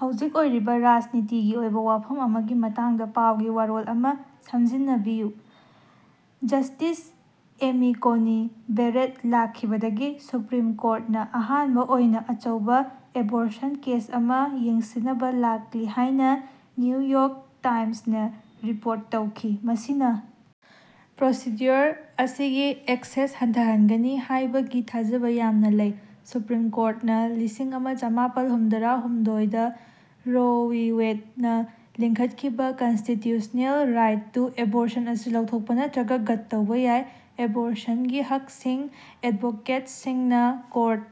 ꯍꯧꯖꯤꯛ ꯑꯣꯏꯔꯤꯕ ꯔꯥꯖꯅꯤꯇꯤꯒꯤ ꯑꯣꯏꯕ ꯋꯥꯐꯝ ꯑꯃꯒꯤ ꯃꯇꯥꯡꯗ ꯄꯥꯎꯒꯤ ꯋꯥꯔꯣꯜ ꯑꯃ ꯁꯝꯖꯤꯟꯅꯕꯤꯌꯨ꯫ ꯖꯁ꯭ꯇꯤꯁ ꯑꯦꯃꯤ ꯀꯣꯅꯤ ꯕꯦꯔꯦꯠ ꯂꯥꯛꯈꯤꯕꯗꯒꯤ ꯁꯨꯄ꯭ꯔꯤꯝ ꯀꯣꯔꯠꯅ ꯑꯍꯥꯟꯕ ꯑꯣꯏꯅ ꯑꯆꯧꯕ ꯑꯦꯕꯣꯔꯁꯟ ꯀꯦꯁ ꯑꯃ ꯌꯦꯡꯁꯤꯟꯅꯕ ꯂꯥꯛꯂꯤ ꯍꯥꯏꯅ ꯅ꯭ꯌꯨ ꯌ꯭ꯣꯔꯛ ꯇꯥꯏꯝꯁꯅ ꯔꯤꯄꯣꯔꯠ ꯇꯧꯈꯤ꯫ ꯃꯁꯤꯅ ꯄ꯭ꯔꯣꯁꯤꯗ꯭ꯌꯨꯑꯣꯔ ꯑꯁꯤꯒꯤ ꯑꯦꯛꯁꯦꯁ ꯍꯟꯊꯍꯟꯒꯅꯤ ꯍꯥꯏꯕꯒꯤ ꯊꯥꯖꯕ ꯌꯥꯝꯅ ꯂꯩ꯫ ꯁꯨꯄ꯭ꯔꯤꯝ ꯀꯣꯔꯠꯅ ꯂꯤꯁꯤꯡ ꯑꯃ ꯆꯃꯥꯄꯜ ꯍꯨꯝꯗꯔꯥ ꯍꯨꯝꯗꯣꯏꯗꯥ ꯔꯣ ꯋꯤ ꯋꯦꯗꯅ ꯂꯤꯡꯈꯠꯈꯤꯕ ꯀꯟꯁꯇꯤꯇ꯭ꯌꯨꯁꯅꯦꯜ ꯔꯥꯏꯠ ꯇꯨ ꯑꯦꯕꯣꯔꯁꯟ ꯑꯁꯤ ꯂꯧꯊꯣꯛꯄ ꯅꯠꯇꯔꯒ ꯒꯠ ꯇꯧꯕ ꯌꯥꯏ, ꯑꯦꯕꯣꯔꯁꯟꯒꯤ ꯍꯛꯁꯤꯡꯒꯤ ꯑꯦꯗꯕꯣꯀꯦꯠꯁꯁꯤꯡꯅ ꯀ꯭ꯣꯔꯠ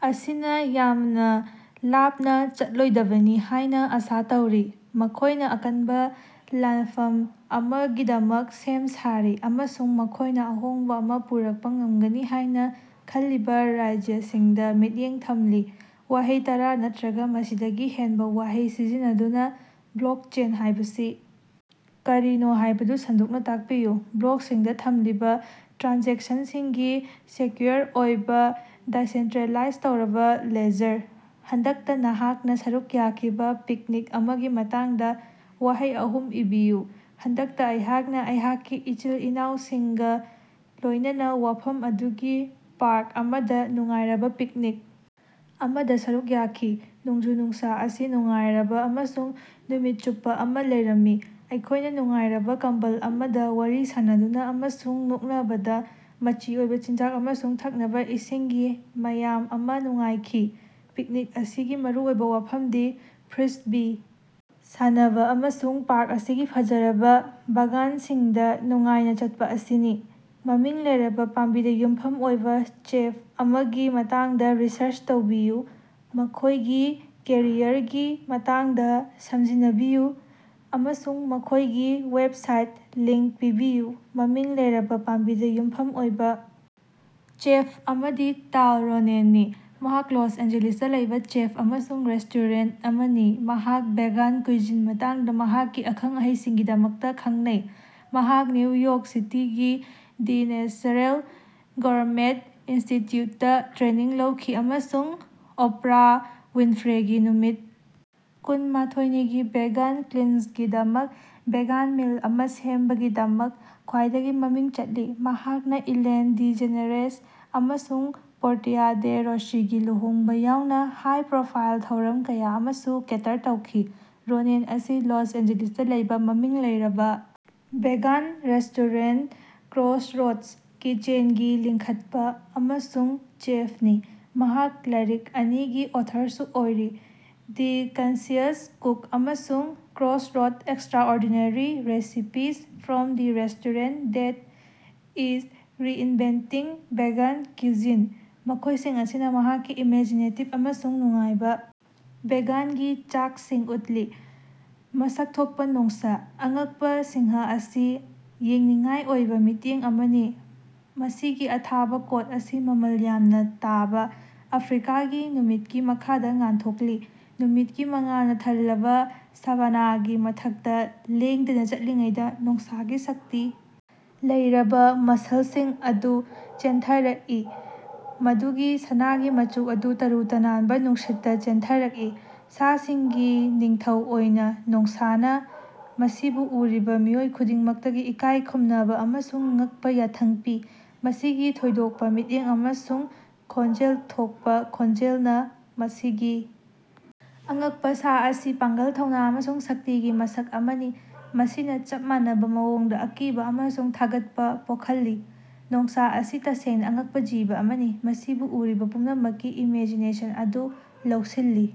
ꯑꯁꯤꯅ ꯌꯥꯃꯅꯥ ꯂꯥꯞꯅ ꯆꯠꯂꯣꯏꯗꯕꯅꯤ ꯍꯥꯏꯅ ꯑꯁꯥ ꯇꯧꯔꯤ꯫ ꯃꯈꯣꯏꯅ ꯑꯀꯟꯕ ꯂꯥꯅꯐꯝ ꯑꯃꯒꯤꯗꯃꯛ ꯁꯦꯝ ꯁꯥꯔꯤ, ꯑꯃꯁꯨꯡ ꯃꯈꯣꯏꯅ ꯑꯍꯣꯡꯕ ꯑꯃ ꯄꯨꯔꯛꯄ ꯉꯝꯒꯅꯤ ꯍꯥꯏꯅ ꯈꯜꯂꯤꯕ ꯔꯥꯖ꯭ꯌꯁꯤꯡꯗ ꯃꯤꯠꯌꯦꯡ ꯊꯝꯂꯤ꯫ ꯋꯥꯍꯩ ꯇꯔꯥ ꯅꯠꯇꯔꯒ ꯃꯁꯤꯗꯒꯤ ꯍꯦꯟꯕ ꯋꯥꯍꯩ ꯁꯤꯖꯤꯟꯅꯗꯨꯅ ꯕ꯭ꯂꯣꯛꯆꯦꯟ ꯍꯥꯏꯕꯁꯤ ꯀꯔꯤꯅꯣ ꯍꯥꯏꯕꯗꯨ ꯁꯟꯗꯣꯛꯅ ꯇꯥꯛꯄꯤꯌꯨ꯫ ꯕ꯭ꯂꯣꯛꯁꯤꯡꯗ ꯊꯝꯂꯤꯕ ꯇ꯭ꯔꯥꯟꯖꯦꯛꯁꯟꯁꯤꯡꯒꯤ ꯁꯦꯀ꯭ꯌꯨꯑꯣꯔ ꯑꯣꯏꯕ, ꯗꯤꯁꯦꯟꯇ꯭ꯔꯦꯂꯥꯏꯖ ꯇꯧꯔꯕ ꯂꯦꯖꯔ꯫ ꯍꯟꯗꯛꯇ ꯅꯍꯥꯛꯅ ꯁꯔꯨꯛ ꯌꯥꯈꯤꯕ ꯄꯤꯛꯅꯤꯛ ꯑꯃꯒꯤ ꯃꯇꯥꯡꯗ ꯋꯥꯍꯩ ꯑꯍꯨꯝ ꯏꯕꯤꯌꯨ꯫ ꯍꯟꯗꯛꯇ ꯑꯩꯍꯥꯛꯅ ꯑꯩꯍꯥꯛꯀꯤ ꯏꯆꯤꯜ-ꯏꯅꯥꯑꯣꯁꯤꯡꯒ ꯂꯣꯏꯅꯅ ꯃꯐꯝ ꯑꯗꯨꯒꯤ ꯄꯥ꯭ꯔꯛ ꯑꯃꯗ ꯅꯨꯡꯉꯥꯏꯔꯕ ꯄꯤꯛꯅꯤꯛ ꯑꯃꯗ ꯁꯔꯨꯛ ꯌꯥꯈꯤ꯫ ꯅꯣꯡꯖꯨ-ꯅꯨꯡꯁꯥ ꯑꯁꯤ ꯅꯨꯡꯉꯥꯏꯔꯕ ꯑꯃꯁꯨꯡ ꯅꯨꯃꯤꯠ ꯆꯨꯞꯄ ꯑꯃ ꯂꯩꯔꯝꯃꯤ, ꯑꯩꯈꯣꯏꯅ ꯅꯨꯡꯉꯥꯏꯔꯕ ꯀꯝꯕꯜ ꯑꯃꯗ ꯋꯥꯔꯤ ꯁꯥꯅꯗꯨꯅ ꯑꯃꯁꯨꯡ ꯅꯣꯛꯅꯕꯗ ꯃꯆꯤ ꯑꯣꯏꯕ ꯆꯤꯟꯖꯥꯛ ꯑꯃꯁꯨꯡ ꯊꯛꯅꯕ ꯏꯁꯤꯡꯒꯤ ꯃꯌꯥꯝ ꯑꯃ ꯅꯨꯡꯉꯥꯏꯈꯤ꯫ ꯄꯤꯛꯅꯤꯛ ꯑꯁꯤꯒꯤ ꯃꯔꯨꯑꯣꯏꯕ ꯋꯥꯐꯝꯗꯤ ꯐ꯭ꯔꯤꯁꯕꯤ ꯁꯥꯟꯅꯕ ꯑꯃꯁꯨꯡ ꯄꯥ꯭ꯔꯛ ꯑꯁꯤꯒꯤ ꯐꯖꯔꯕ ꯕꯥꯒꯥꯟꯁꯤꯡꯗ ꯅꯨꯡꯉꯥꯏꯅ ꯆꯠꯄ ꯑꯁꯤꯅꯤ꯫ ꯃꯃꯤꯡ ꯂꯩꯔꯕ ꯄꯥꯝꯕꯤꯗ ꯌꯨꯝꯐꯝ ꯑꯣꯏꯕ ꯆꯦꯐ ꯑꯃꯒꯤ ꯃꯇꯥꯡꯗ ꯔꯤꯁꯔꯆ ꯇꯧꯕꯤꯌꯨ, ꯃꯈꯣꯏꯒꯤ ꯀꯦꯔꯤꯌꯔꯒꯤ ꯃꯇꯥꯡꯗ ꯁꯝꯖꯤꯟꯅꯕꯤꯌꯨ ꯑꯃꯁꯨꯡ ꯃꯈꯣꯏꯒꯤ ꯋꯦꯕꯁꯥꯏꯠ ꯂꯤꯡꯛ ꯄꯤꯕꯤꯌꯨ꯫ ꯃꯃꯤꯡ ꯂꯩꯔꯕꯥ ꯄꯥꯝꯕꯤꯗ ꯌꯨꯝꯐꯝ ꯑꯣꯏꯕ ꯆꯦꯐ ꯑꯃꯗꯤ ꯇꯥꯜ ꯔꯣꯅꯦꯟꯅꯤ꯫ ꯃꯍꯥꯛ ꯂꯣꯁ ꯑꯦꯟꯖꯦꯜꯁꯇ ꯂꯩꯕ ꯆꯦꯐ ꯑꯃꯁꯨꯡ ꯔꯦꯁꯇꯣꯔꯦꯟꯠ ꯑꯃꯅꯤ, ꯃꯍꯥꯛ ꯚꯦꯒꯥꯟ ꯀꯨꯏꯖꯤꯟ ꯃꯇꯥꯡꯗ ꯃꯍꯥꯛꯀꯤ ꯑꯈꯪ-ꯑꯍꯩꯁꯤꯡꯒꯤꯗꯃꯛꯇ ꯈꯉꯅꯩ꯫ ꯃꯍꯥꯛ ꯅ꯭ꯌꯨ ꯌ꯭ꯣꯔꯛ ꯁꯤꯇꯤꯒꯤ ꯗꯤ ꯅꯦꯆꯦꯔꯦꯜ ꯒꯧꯔꯃꯦꯠ ꯏꯟꯁꯇꯤꯠꯌꯨꯠꯇ ꯇ꯭ꯔꯦꯅꯤꯡ ꯂꯧꯈꯤ ꯑꯃꯁꯨꯡ ꯑꯣꯄ꯭ꯔꯥ ꯋꯤꯟꯐ꯭ꯔꯦꯒꯤ ꯅꯨꯃꯤꯠ ꯀꯨꯟ ꯃꯥꯊꯣꯏꯅꯤꯒꯤ ꯚꯦꯒꯥꯟ ꯀ꯭ꯂꯤꯟꯖꯒꯤꯗꯃꯛ ꯚꯦꯒꯥꯟ ꯃꯤꯜ ꯑꯃ ꯁꯦꯝꯕꯒꯤꯗꯃꯛ ꯈ꯭ꯋꯥꯏꯗꯒꯤ ꯃꯃꯤꯡ ꯆꯠꯂꯤ꯫ ꯃꯍꯥꯛꯅꯥ ꯏꯂꯦꯟ ꯗꯤꯖꯦꯅꯦꯔꯦꯁ ꯑꯃꯁꯨꯡ ꯄꯣꯔꯇꯤꯌꯥ ꯗꯦ ꯔꯣꯁꯤꯒꯤ ꯂꯨꯍꯣꯡꯕ ꯌꯥꯎꯅ ꯍꯥꯏ-ꯄ꯭ꯔꯣꯐꯥꯏꯜ ꯊꯧꯔꯝ ꯀꯌꯥ ꯑꯃꯁꯨ ꯀꯦꯇꯔ ꯇꯧꯈꯤ꯫ ꯔꯣꯅꯦꯟ ꯑꯁꯤ ꯂꯣꯁ ꯑꯦꯟꯖꯦꯜꯁꯇ ꯂꯩꯕꯥ ꯃꯃꯤꯡ ꯂꯩꯔꯕꯥ ꯚꯦꯒꯥꯟ ꯔꯦꯁ꯭ꯇꯣꯔꯦꯟꯠ ꯀ꯭ꯔꯣꯁꯔꯣꯗꯁ ꯀꯤꯆꯦꯟꯒꯤ ꯂꯤꯡꯈꯠꯄꯥ ꯑꯃꯁꯨꯡ ꯆꯦꯐꯅꯤ꯫ ꯃꯍꯥꯛ ꯂꯥꯏꯔꯤꯛ ꯑꯅꯤꯒꯤ ꯑꯣꯊꯣꯔꯁꯨ ꯑꯣꯏꯔꯤ, "ꯗꯤ ꯀꯟꯁꯤꯌꯁ ꯀꯨꯛ" ꯑꯃꯁꯨꯡ "Crossroads: extraordinary recipes from the restaurant that is reinventing vegan cuisine", ꯃꯈꯣꯏꯁꯤꯡ ꯑꯁꯤꯅ ꯃꯍꯥꯛꯀꯤ ꯏꯃꯦꯖꯤꯅꯦꯇꯤꯕ ꯑꯃꯁꯨꯡ ꯅꯨꯡꯉꯥꯏꯕ ꯚꯦꯒꯥꯟꯒꯤ ꯆꯥꯛꯁꯤꯡ ꯎꯠꯂꯤ꯫ ꯃꯁꯛ ꯊꯣꯛꯄ ꯅꯣꯡꯁꯥ꯫ ꯑꯉꯛꯄ ꯁꯤꯡꯍ ꯑꯁꯤ ꯌꯦꯡꯅꯤꯡꯉꯥꯏ ꯑꯣꯏꯕ ꯃꯤꯠꯌꯦꯡ ꯑꯃꯅꯤ, ꯃꯁꯤꯒꯤ ꯑꯊꯥꯕꯥ ꯀꯣꯠ ꯑꯁꯤ ꯃꯉꯥꯜ ꯌꯥꯝꯅ ꯇꯥꯕ, ꯑꯐ꯭ꯔꯤꯀꯥꯒꯤ ꯅꯨꯃꯤꯠꯀꯤ ꯃꯈꯥꯗ ꯉꯥꯟꯊꯣꯛꯂꯤ꯫ ꯅꯨꯃꯤꯠꯀꯤ ꯃꯉꯥꯜꯅꯥ ꯊꯜꯂꯕ ꯁꯥꯚꯥꯅꯥꯒꯤ ꯃꯊꯛꯇ ꯂꯦꯡꯗꯅ ꯆꯠꯂꯤꯉꯩꯗ ꯅꯣꯡꯁꯥꯒꯤ ꯁꯛꯇꯤ ꯂꯩꯔꯕ ꯃꯁꯜꯁꯤꯡ ꯑꯗꯨ ꯆꯦꯟꯊꯔꯛꯏ, ꯃꯗꯨꯒꯤ ꯁꯅꯥꯒꯤ ꯃꯆꯨ ꯑꯗꯨ ꯇꯔꯨ ꯇꯅꯥꯟꯕ ꯅꯨꯡꯁꯤꯠꯇ ꯆꯦꯟꯊꯔꯛꯏ꯫ ꯁꯥꯁꯤꯡꯒꯤ ꯅꯤꯡꯊꯧ ꯑꯣꯏꯅ, ꯅꯣꯡꯁꯥꯅ ꯃꯁꯤꯕꯨ ꯎꯔꯤꯕ ꯃꯤꯑꯣꯏ ꯈꯨꯗꯤꯡꯃꯛꯇꯒꯤ ꯏꯀꯥꯏꯈꯨꯝꯅꯕ ꯑꯃꯁꯨꯡ ꯉꯛꯄ ꯌꯥꯊꯪ ꯄꯤ, ꯃꯁꯤꯒꯤ ꯊꯣꯏꯗꯣꯛꯄ ꯃꯤꯠꯌꯦꯡ ꯑꯃꯁꯨꯡ ꯈꯣꯟꯖꯦꯜ ꯊꯣꯛꯄ ꯈꯣꯟꯖꯦꯜꯅ꯫ ꯃꯁꯤꯒꯤ ꯑꯉꯛꯄ ꯁꯥ ꯑꯁꯤ ꯄꯥꯡꯒꯜ, ꯊꯧꯅꯥ ꯑꯃꯁꯨꯡ ꯁꯛꯇꯤꯒꯤ ꯃꯁꯛ ꯑꯃꯅꯤ, ꯃꯁꯤꯅ ꯆꯞ ꯃꯥꯟꯅꯕ ꯃꯑꯣꯡꯗ ꯑꯀꯤꯕ ꯑꯃꯁꯨꯡ ꯊꯥꯒꯠꯄ ꯄꯣꯈꯜꯂꯤ꯫ ꯅꯣꯡꯁꯥ ꯑꯁꯤ ꯇꯁꯦꯡꯅ ꯑꯉꯛꯄ ꯖꯤꯕ ꯑꯃꯅꯤ, ꯃꯁꯤꯕꯨ ꯎꯔꯤꯕꯥ ꯄꯨꯝꯅꯃꯛꯀꯤ ꯏꯃꯦꯖꯤꯅꯦꯁꯟ ꯑꯗꯨ ꯂꯧꯁꯤꯜꯂꯤ꯫